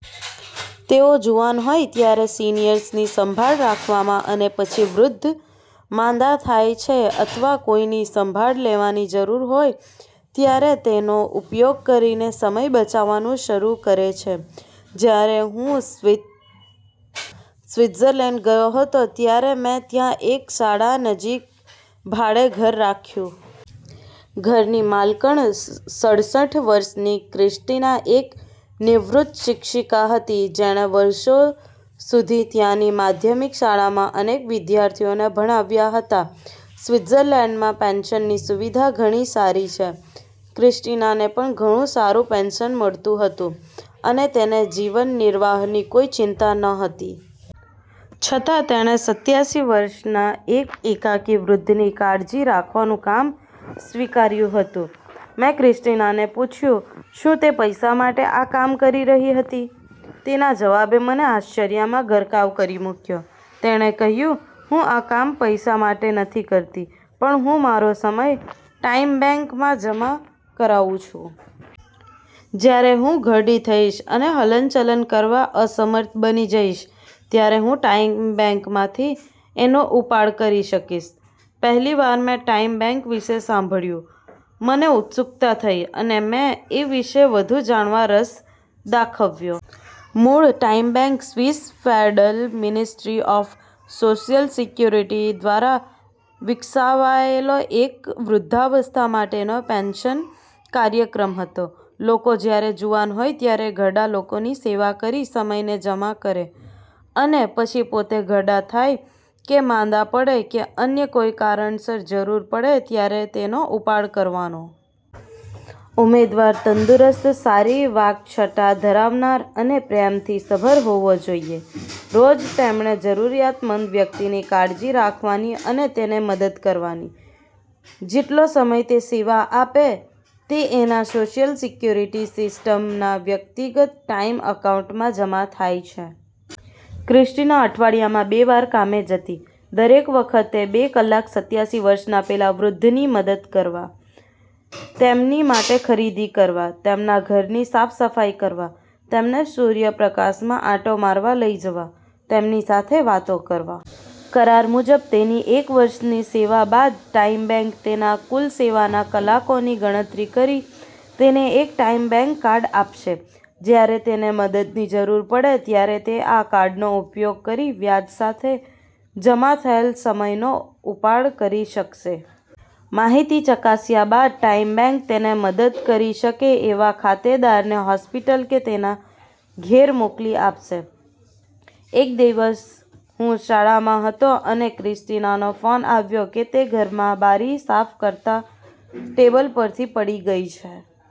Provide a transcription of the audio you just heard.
તેઓ જુવાન હોય ત્યારે સિનિયર્સની સંભાળ રાખવામાં અને પછી વૃદ્ધ, માંદા થાય છે અથવા કોઈની સંભાળ લેવાની જરૂર હોય ત્યારે તેનો ઉપયોગ કરીને સમય બચાવવાનું શરૂ કરે છે. જ્યારે હું સ્વિત્ઝર્લેન્ડ ગયો હતો ત્યારે મેં ત્યાં એક શાળા નજીક ભાડે ઘર રાખ્યું. ઘરની માલકણ સડસઠ વર્ષની ક્રિસ્ટિના એક નિવૃત્ત શિક્ષિકા હતી જેણે વર્ષો સુધી ત્યાંની માધ્યમિક શાળામાં અનેક વિદ્યાર્થીઓને ભણાવ્યાં હતાં. સ્વિત્ઝર્લેન્ડમાં પેન્શનની સુવિધા ઘણી સારી છે. ક્રિસ્ટિનાને પણ ઘણું સારું પેન્શન મળતું હતું અને તેને જીવન નિર્વાહની કોઈ ચિંતા નહોતી. છતાં તેણે સત્યાસી વર્ષના એક એકાકી વૃદ્ધની કાળજી રાખવાનું 'કામ' સ્વીકાર્યું હતું. મેં ક્રિસ્ટિનાને પૂછ્યું શું તે પૈસા માટે આ કામ કરી રહી હતી? તેના જવાબે મને આશ્ચર્યમાં ગરકાવ કરી મૂક્યો. તેણે કહ્યું, "હું આ કામ પૈસા માટે નથી કરતી પણ હું મારો સમય 'ટાઇમ બૅન્ક'માં જમા કરાવું છું. જ્યારે હું ઘરડી થઈશ અને હલનચલન કરવા અસમર્થ બની જઈશ ત્યારે હું 'ટાઇમ બૅન્ક'માંથી એનો ઉપાડ કરી શકીશ. " પહેલી વાર મેં 'ટાઇમ બૅન્ક' વિશે સાંભળ્યું. મને ઉત્સુકતા થઈ અને મેં એ વિશે વધુ જાણવા રસ દાખવ્યો. મૂળ 'time bank' Swiss federal ministry of social security દ્વારા વિકસાવાયેલો એક વૃદ્ધાવસ્થા માટેનો પેન્શન કાર્યક્રમ હતો. લોકો જ્યારે જુવાન હોય ત્યારે ઘરડાં લોકોની સેવા કરી સમયને 'જમા' કરે અને પછી પોતે ઘરડાં થાય કે માંદા પડે કે અન્ય કોઈ કારણ સર જરૂર પડે ત્યારે તેનો 'ઉપાડ' કરવાનો. ઉમેદવાર તંદુરસ્ત, સારી વાક્છટા ધરાવનાર અને પ્રેમથી સભર હોવો જોઈએ. રોજ તેમણે જરૂરિયાતમંદ વ્યક્તિની કાળજી રાખવાની અને તેને મદદ કરવાની. જેટલો સમય તે સેવા આપે તે એના સોશિયલ સિકયુરિટી સિસ્ટમના વ્યક્તિગત 'ટાઇમ' અકાઉન્ટમાં જમા થાય. ક્રિસ્ટિના અઠવાડિયામાં બે વાર કામે જતી. દરેક વખતે બે કલાક સત્યાસી વર્ષના પેલા વૃદ્ધની મદદ કરવા, તેમની માટે ખરીદી કરવા, તેમના ઘરની સાફ સફાઈ કરવા, તેમને સૂર્ય પ્રકાશમાં આંટો મારવા લઈ જવા, તેમની સાથે વાતો કરવા. કરાર મુજબ, તેની એક વર્ષની સેવા બાદ, 'ટાઇમ બૅન્ક' તેના કુલ સેવાના કલાકોની ગણતરી કરી તેને એક 'ટાઇમ બૅન્ક કાર્ડ' આપશે. જ્યારે તેને મદદની જરૂર પડે ત્યારે તે આ કાર્ડ નો ઉપયોગ કરી વ્યાજ સાથે જમા થયેલ સમય નો 'ઉપાડ' કરી શકશે. માહિતી ચકાસ્યા બાદ 'ટાઇમ બૅન્ક' તેને મદદ કરી શકે એવા ખાતેદારને હોસ્પિટલ કે તેના ઘેર મોકલી આપશે. એક દિવસ હું શાળામાં હતો અને ક્રિસ્ટિનાનો ફોન આવ્યો કે તે ઘરમાં બારી સાફ કરતાં ટેબલ પરથી પડી ગઈ છે.